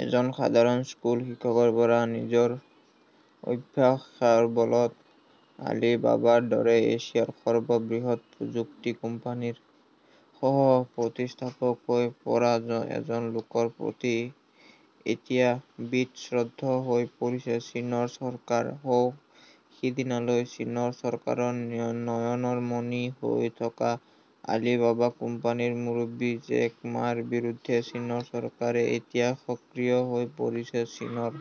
এজন সাধাৰণ স্কুল শিক্ষকৰ পৰা নিজৰ অধ্যৱসায়ৰ বলত আলিবাবাৰ দৰে এছিয়াৰ সৰ্ববৃহৎ প্ৰযুক্তি কোম্পোনীৰ সহপ্ৰতিষ্ঠাপক হৈ পৰা এজন লোকৰ প্ৰতি এতিয়া বীতশ্ৰদ্ধ হৈ পৰিছে ।চীনৰ চৰকাৰ সৌ-সিদিনালৈ চীনৰ চৰকাৰৰ নয়নৰ মণি হৈ থকা আলিবাবা কোম্পানীৰ মুৰব্বী জেক মাৰ বিৰুদ্ধে চীনৰ চৰকাৰে এতিয়া সক্ৰিয় হৈ পৰিছে। চীনৰ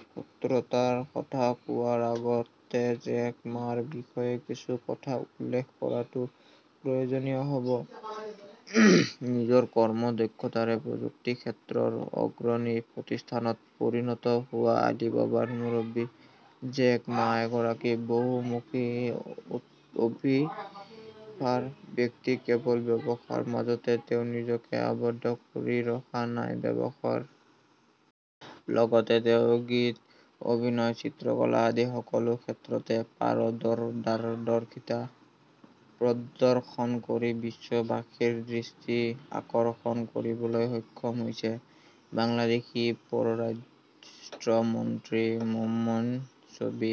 শত্ৰুতাৰ কথা কোৱাৰ আগতে জেক মাৰ বিষয়ে কিছু কথা উল্লেখ কৰাটো প্ৰয়োজনীয় হব। নিজৰ কৰ্ম দক্ষতাৰে প্ৰযুক্তি ক্ষেত্ৰৰ অগ্ৰণী প্ৰতিষ্ঠানত পৰিণত হোৱা আলিবাবাৰ মুৰব্বী জেক মা এগৰাকী বহুমুখী প্ৰতিভাৰ ব্যক্তি কেৱল ব্যৱসায়ৰ মাজতে তেওঁ নিজকে আৱদ্ধ কৰি ৰখা নাই। ব্যৱসায়ৰ লগতে তেওঁ গীত অভিনয় চিত্ৰকলা আদি সকলো ক্ষেত্ৰতে পাৰদৰ্শিতা প্ৰদৰ্শন কৰি বিশ্ববাসীৰ দৃষ্টি আকৰ্ষণ কৰিবলৈ সক্ষম হৈছে। বাংলাদেশী পৰৰাষ্ট্ৰ মন্ত্ৰী মোমেনছবি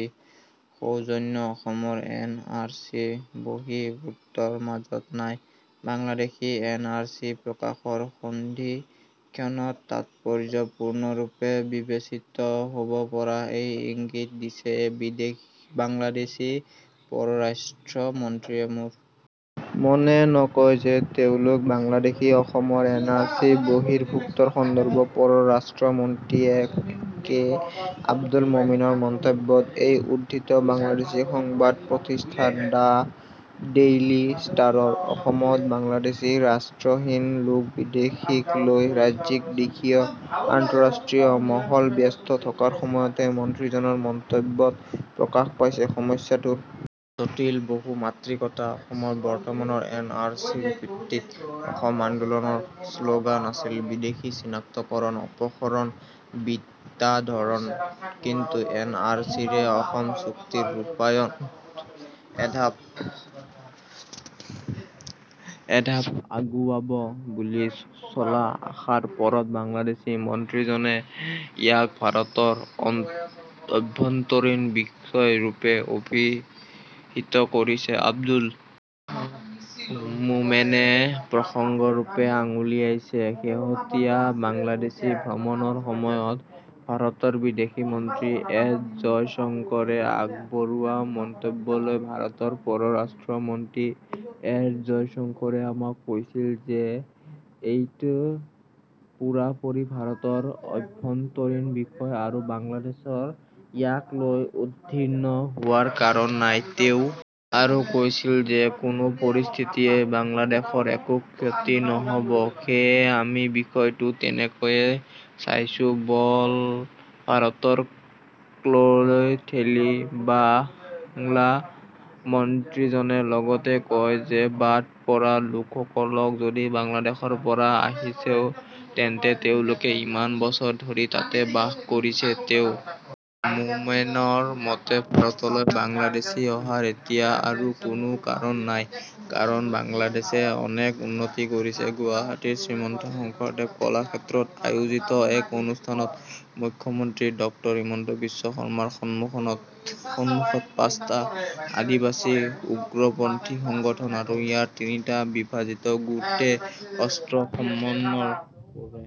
সৌজন্য অসমৰ এন আৰ চি বহিৰ্ভূতৰ মাজত নাই ।বাংলাদেশী এন আৰ চি প্ৰকাশৰ সন্ধিক্ষণত তাৎপৰ্য্যপূৰ্ণৰূপে বিবেচিত হব পৰা এই ইংগিত দিছে বাংলাদেশী পৰৰাষ্ট্ৰ মন্ত্ৰীয়ে। মোৰ মনে নকয় যে তেওঁলোক বাংলাদেশী অসমৰ এন আৰ চি বহিৰ্ভূতৰ সন্দৰ্ভত পৰৰাষ্ট্ৰ মন্ত্ৰী এ কে আব্দুল মোমেনৰ মন্তব্যৰ এই উদ্ধৃতি বাংলাদেশী সংবাদ প্ৰতিষ্ঠান দ্যা ডেইলি ষ্টাৰৰ ।অসমত বাংলাদেশী ৰাষ্ট্ৰহীন লোক বিদেশীক লৈ ৰাজ্যিকদেশীয় আন্তঃৰাষ্ট্ৰীয় মহল ব্যস্ত থকাৰ সময়তে মন্ত্ৰীজনৰ মন্তব্যত প্ৰকাশ পাইছে ।সমস্যাটোৰ জটিল বহুমাত্ৰিকতা অসমৰ বৰ্তমানৰ এন আৰ চিৰ ভিত্তি অসম আন্দোলনৰ শ্লগান আছিল ।বিদেশী চিনাক্তকৰণ অপসৰণ বিতাড়ন কিন্তু এন আৰ চিৰে অসম চুক্তিৰ ৰূপায়ণ এঢাপ আগুৱাব বুলি চলা আশাৰ পৰত বাংলাদেশী মন্ত্ৰীজনে ইয়াক ভাৰতৰ অভ্যন্তৰীণ বিষয়ৰূপে অভিহিত কৰিছে। আব্দুল মোমেনে প্ৰসংগৰূপে আঙুলিয়াইছে শেহতীয়া বাংলাদেশ ভ্ৰমণৰ সময়ত ভাৰতৰ বিদেশ মন্ত্ৰী এছ জয়শংকৰে আগবঢ়োৱা মন্তব্যলৈ ভাৰতৰ পৰৰাষ্ট্ৰ মন্ত্ৰী এছ জয়শঙ্কৰে আমাক কৈছিল যে, এইটো পূৰা-পূৰি ভাৰতৰ অভ্যন্তৰীণ বিষয় আৰু বাংলাদেশৰ ইয়াক লৈ উদ্বিগ্ন হোৱাৰ কাৰণ নাই। তেওঁ আৰু কৈছিল যে, কোনো পৰিস্থিতিতেই বাংলাদেশৰ একো ক্ষতি নহ'ব। সেয়ে আমি বিষয়টো তেনেকৈয়ে চাইছো বল ভাৰতৰ ক্টলৈ ঠেলি বাংলা মন্ত্ৰীজনে লগতে কয় যে ,বাদ পৰা লোকসকলক যদি বাংলাদেশৰ পৰা আহিছেও তেন্তে তেওঁলোকে ইমান বছৰ ধৰি তাতে বাস কৰিছে ।তেওঁ কয় মোমেনৰ মতে ভাৰতলৈ বাংলাদেশী অহাৰ এতিয়া আৰু কোনো কাৰণ নাই, কাৰণ বাংলাদেশে অনেক উন্নতি কৰিছে। গুৱাহাটীৰ শ্ৰীমন্ত শংকৰদেৱ কলাক্ষেত্ৰত আয়োজিত এক অনুষ্ঠানত মুখ্যমন্ত্ৰী ডক্টৰ হিমন্ত বিশ্ব শৰ্মাৰ সন্মুখত পাঁচটা আদিবাসী উগ্ৰপন্থী সংগঠন আৰু ইয়াৰ তিনিটা বিভাজিত গোটে অস্ত্ৰ সম্বৰণ কৰে।